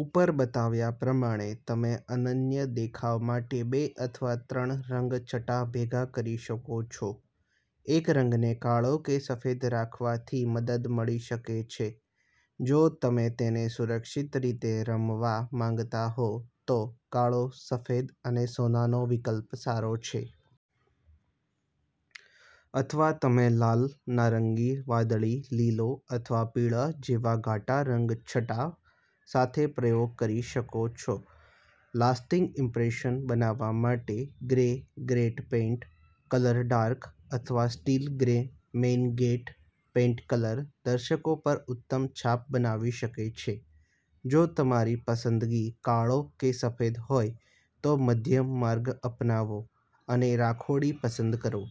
ઉપર બતાવ્યા પ્રમાણે, તમે અનન્ય દેખાવ માટે બે અથવા ત્રણ રંગછટા ભેગા કરી શકો છો. એક રંગને કાળો કે સફેદ રાખવાથી મદદ મળી શકે છે. જો તમે તેને સુરક્ષિત રીતે રમવા માંગતા હો, તો કાળો, સફેદ અને સોનાનો વિકલ્પ સારો છે. અથવા તમે લાલનારંગી, વાદળી, લીલો અથવા પીળો જેવા ઘાટા રંગછટા સાથે પ્રયોગ કરી શકો છો. લાસ્ટિંગ ઇમ્પ્રેશન બનાવવા માટે grey gate paint colour dark અથવા steel grey main gate paint colour દર્શકો પર ઉત્તમ છાપ બનાવી શકે છે જો તમારી પસંદગી કાળો કે સફેદહોય તો મધ્યમ માર્ગ અપનાવો અને રાખોડી પસંદ કરો.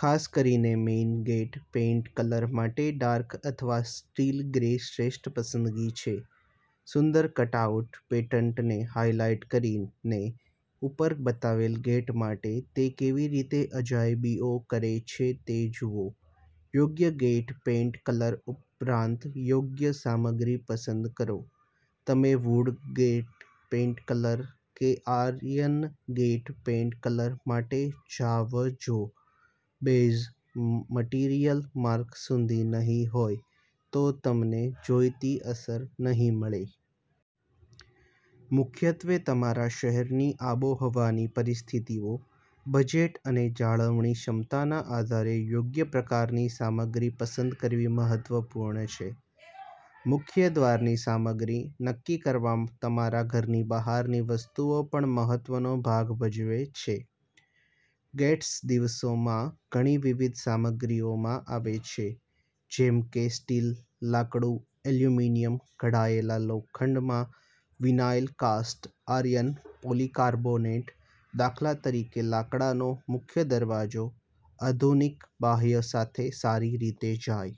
ખાસ કરીને મેઈન ગેટ પેઈન્ટ કલર માટે ડાર્ક અથવા સ્ટીલ ગ્રેશ્રેષ્ઠ પસંદગી છે. સુંદર કટ-આઉટ પેટર્નને હાઇલાઇટ કરીને, ઉપર બતાવેલ ગેટ માટે તે કેવી રીતે અજાયબીઓ કરે છે તે જુઓ. યોગ્ય ગેટ પેઇન્ટ કલર ઉપરાંતયોગ્ય સામગ્રી પસંદ કરો તમે વૂડ ગેટ પેઈન્ટ કલર કે આયર્ન ગેટ પેઈન્ટ કલર માટે જાવજો બેઝ મટીરીયલ માર્ક સુધી નહીં હોય, તો તમને જોઈતી અસર નહીં મળે. મુખ્યત્વે તમારા શહેરની આબોહવાની પરિસ્થિતિઓ, બજેટ અને જાળવણી ક્ષમતાના આધારે યોગ્ય પ્રકારની સામગ્રી પસંદ કરવી મહત્વપૂર્ણ છે. મુખ્ય દ્વારની સામગ્રી નક્કી કરવામાં તમારા ઘરની બહારની વસ્તુઓ પણ મહત્વનો ભાગ ભજવે છે. ગેટ્સદિવસોમાં ઘણી વિવિધ સામગ્રીમાં આવે છે જેમ કેસ્ટીલ લાકડું એલ્યુમિનિયમ ઘડાયેલા લોખંડમાં વિનાઇલ કાસ્ટ આયર્ન પોલીકાર્બોનેટ દાખલા તરીકે, લાકડાનો મુખ્ય દરવાજો આધુનિક બાહ્ય સાથે સારી રીતેજાય.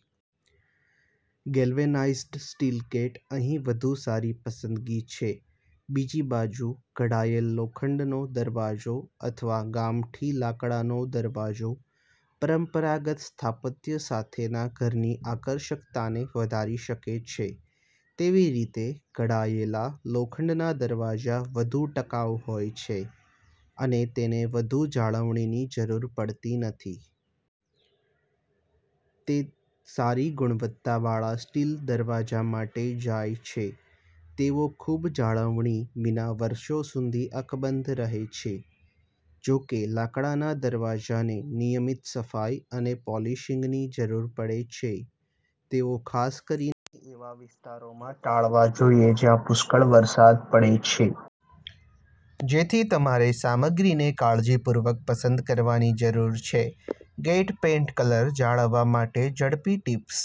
ગેલ્વેનાઈઝ્ડ સ્ટીલ ગેટ અહીં વધુ સારી પસંદગી છે. બીજી બાજુ, ઘડાયેલ લોખંડનો દરવાજો અથવા ગામઠી લાકડાનો દરવાજો, પરંપરાગત સ્થાપત્ય સાથેના ઘરની આકર્ષકતાને વધારી શકે છે. તેવીરીતે, ઘડાયેલા લોખંડના દરવાજા વધુ ટકાઉ હોય છે અને તેને વધુ જાળવણીની જરૂર પડતી નથી. તેસારી ગુણવત્તાવાળા સ્ટીલ દરવાજા માટે જાય છે. તેઓ ખૂબ જાળવણી વિના વર્ષો સુધી અકબંધ રહે છે. જો કે, લાકડાના દરવાજાને નિયમિત સફાઈ અને પોલિશિંગની જરૂર પડે છે. તેઓ ખાસ કરીને એવા વિસ્તારોમાં ટાળવા જોઈએ જ્યાં પુષ્કળ વરસાદ પડે છે. તેથી, તમારે સામગ્રીને કાળજીપૂર્વક પસંદ કરવાની જરૂર છે. ગેટ પેઇન્ટ કલર જાળવવા માટે ઝડપી ટીપ્સ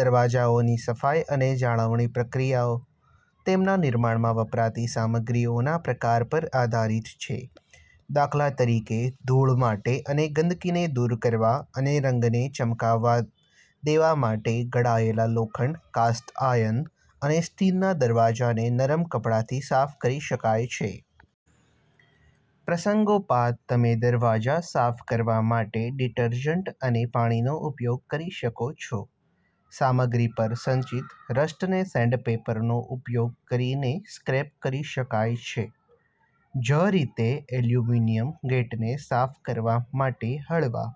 દરવાજાઓની સફાઈ અને જાળવણી પ્રક્રિયાઓ તેમના નિર્માણમાં વપરાતી સામગ્રીના પ્રકાર પર આધારિત છે. દાખલા તરીકે, ધૂળ અને ગંદકીને દૂર કરવા અને રંગને ચમકવા દેવા માટે ઘડાયેલ લોખંડ, કાસ્ટ આયર્ન અને સ્ટીલના દરવાજાને નરમ કપડાથી સાફ કરી શકાય છે. પ્રસંગોપાત, તમેદરવાજા સાફ કરવા માટે ડીટરજન્ટ અને પાણીનો ઉપયોગ કરી શકો છો. સામગ્રી પર સંચિત રસ્ટને સેન્ડપેપરનો ઉપયોગ કરીને સ્ક્રેપ કરી શકાય છે. જ રીતે, એલ્યુમિનિયમ ગેટને સાફ કરવા માટે હળવા